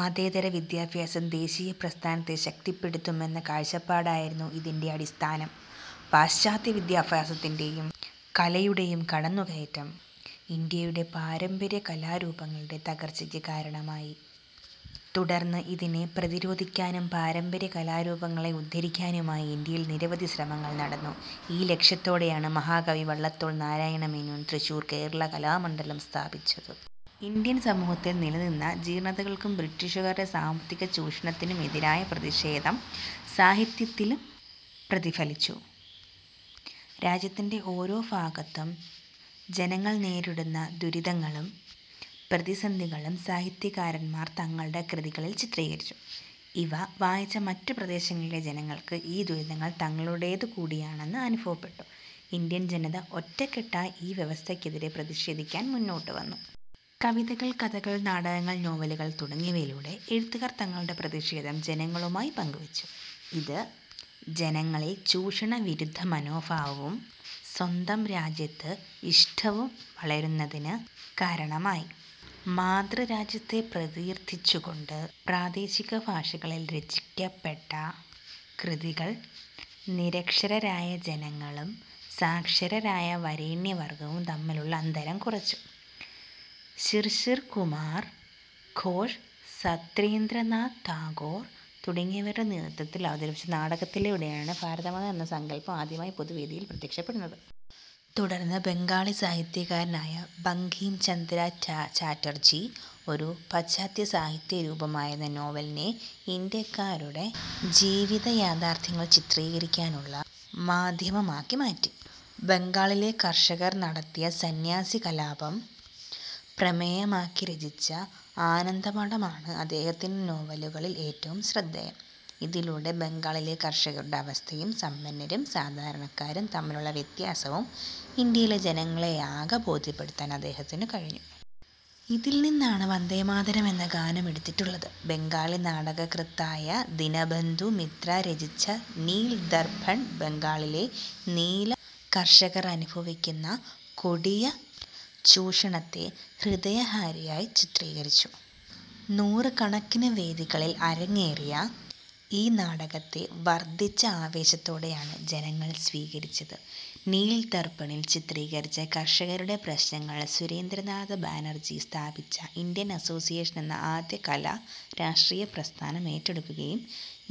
മതേതര വിദ്യാഭ്യാസം ദേശീയ പ്രസ്ഥാനത്തെ ശക്തിപ്പെടുത്തും എന്ന കാഴ്ചപ്പാടായിരുന്നു ഇതിന്റെ അടിസ്ഥാനം. പാശ്ചാത്യ വിദ്യാഭ്യാസത്തിന്റെയും കലയുടെയും കടന്നു കയറ്റം ഇന്ത്യയുടെ പാരമ്പര്യ കലാരൂപങ്ങളുടെ തകർച്ചയ്ക്ക് കാരണമായി. തുടർന്ന് ഇതിനെ പ്രതിരോധിക്കാനും പാരമ്പര്യ കലാരൂപങ്ങളെ ഉദ്ധരിക്കാനുമായി ഇന്ത്യയിൽ നിരവധി ശ്രമങ്ങൾ നടന്നു. ഈ ലക്ഷ്യത്തോടെയാണ് മഹാകവി വള്ളത്തോൾ നാരായണമേനോൻ തൃശൂരിൽ കേരള കലാമണ്ഡലം സ്ഥാപിച്ചത്. ഇന്ത്യൻ സമൂഹത്തിൽ നിലനിന്ന ജീർണതകൾക്കും ബ്രിട്ടീഷുകാരുടെ സാമ്പത്തികചൂഷണത്തിനും എതിരായ പ്രതിഷേധം സാഹിത്യത്തിലും പ്രതിഫലിച്ചു. രാജ്യത്തിന്റെ ഓരോ ഭാഗത്തും ജനങ്ങൾ നേരിടുന്ന ദുരിതങ്ങളും പ്രതിസന്ധികളും സാഹിത്യകാരന്മാർ തങ്ങളുടെ കൃതികളിൽ ചിത്രീകരിച്ചു. ഇവ വായിച്ച മറ്റു പ്രദേശങ്ങളിലെ ജനങ്ങൾക്ക് ഈ ദുരിതങ്ങൾ തങ്ങളുടേതു കൂടിയാണെന്ന് അനുഭവപ്പെട്ടു. ഇന്ത്യൻ ജനത ഒറ്റക്കെട്ടായി ഈ വ്യവസ്ഥയ്ക്കെതിരായി പ്രതിഷേധിക്കാൻ മുന്നോട്ടുവന്നു. കവിതകൾ, കഥകൾ, നാടകങ്ങൾ, നോവലുകൾ തുടങ്ങിയവയിലൂടെ എഴുത്തുകാർ തങ്ങളുടെ പ്രതിഷേധം ജനങ്ങളുമായി പങ്കുവച്ചു. ഇത് ജനങ്ങളിൽ ചൂഷണവിരുദ്ധ മനോഭാവവും സ്വന്തം രാജ്യത്തോട് ഇഷ്ടവും വളരുന്നതിന് കാരണമായി. മാതൃരാജ്യത്തെ പ്രകീർത്തിച്ചുകൊണ്ട് പ്രാദേശികഭാഷകളിൽ രചിക്കപ്പെട്ട കൃതികൾ നിരക്ഷരരായ ജനങ്ങളും സാക്ഷരരായ വരേണ്യവർഗവും തമ്മിലുള്ള അന്തരം കുറച്ചു. ശിർശിർകുമാർ ഘോഷ്, സത്യേന്ദ്രനാഥ് ടാഗോർ തുടങ്ങിയവരുടെ നേതൃത്വത്തിൽ അവതരിപ്പിച്ച നാടകത്തിലൂടെയാണ് ഭാരതമാതാ എന്ന സങ്കൽപ്പം ആദ്യമായി പൊതുവേദിയിൽ പ്രത്യക്ഷപ്പെടുന്നത്. തുടർന്ന് ബംഗാളി സാഹിത്യകാരനായ ബങ്കിം ചന്ദ്ര ചാറ്റർജി ഒരു പാശ്ചാത്യസാഹിത്യ രൂപമായിരുന്ന നോവലിനെ ഇന്ത്യക്കാരുടെ ജീവിതയാഥാർഥ്യങ്ങൾ ചിത്രീകരിക്കാനുള്ള മാധ്യമമാക്കി മാറ്റി. ബംഗാളിലെ കർഷകർ നടത്തിയ സന്ന്യാസി കലാപം പ്രമേയമാക്കി രചിച്ച ആനന്ദമഠം ആണ് അദ്ദേഹത്തിന്റെ നോവലുകളിൽ ഏറ്റവും ശ്രദ്ധേയം. ഇതിലൂടെ ബംഗാളിലെ കർഷകരുടെ അവസ്ഥയും സമ്പന്നരും സാധാരണക്കാരും തമ്മിലുള്ള വ്യത്യാസവും ഇന്ത്യയിലെ ജനങ്ങളെയാകെ ബോധ്യപ്പെടുത്താൻ അദ്ദേഹത്തിനു കഴിഞ്ഞു. ഇതിൽ നിന്നാണ് വന്ദേമാതരം എന്ന ഗാനം എടുത്തിട്ടുള്ളത്. ബംഗാളി നാടകകൃത്തായ ദിനബന്ധു മിത്ര രചിച്ച നീൽ ദർപ്പൺ ബംഗാളിലെ നീലം കർഷകർ അനുഭവിക്കുന്ന കൊടിയ ചൂഷണത്തെ ഹൃദയഹാരിയായി ചിത്രീകരിച്ചു. നൂറുകണക്കിന് വേദികളിൽ അരങ്ങേറിയ ഈ നാടകത്തെ വർധിച്ച ആവേശത്തോടെയാണ് ജനങ്ങൾ സ്വീകരിച്ചത്. നീൽ ദർപ്പണി'ൽ ചിത്രീകരിച്ച കർഷകരുടെ പ്രശ്നങ്ങൾ സുരേന്ദ്രനാഥ ബാനർജി സ്ഥാപിച്ച ഇന്ത്യൻ അസോസിയേഷൻ എന്ന ആദ്യ കാല രാഷ്ട്രീയപ്രസ്ഥാനം ഏറ്റെടുക്കുകയും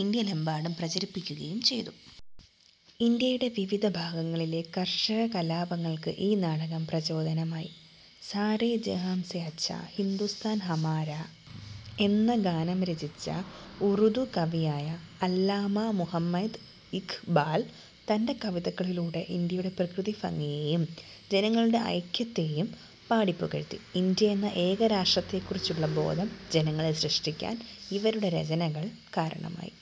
ഇന്ത്യയിലെമ്പാടും പ്രചരിപ്പിക്കുകയും ചെയ്തു. ഇന്ത്യയുടെ വിവിധ ഭാഗങ്ങളിലെ കർഷകകലാപങ്ങൾക്ക് ഈ നാടകം പ്രചോദനമായി. സാരേ ജഹാം സേ അച്ഛാ, ഹിന്ദുസ്ഥാൻ ഹമാരാ എന്ന ഗാനം രചിച്ച ഉർദു കവിയായ അല്ലാമാ മുഹമ്മദ് ഇഖ്ബാൽ തന്റെ കവിതകളിലൂടെ ഇന്ത്യയുടെ പ്രകൃതിഭംഗിയെയും ജനങ്ങളുടെ ഐക്യത്തെയും പാടിപ്പുകഴ്ത്തി. ഇന്ത്യ എന്ന ഏകരാഷ്ട്രത്തെക്കുറിച്ചുള്ള ബോധം ജനങ്ങളിൽ സൃഷ്ടിക്കാൻ ഇവരുടെ രചനകൾ കാരണമായി.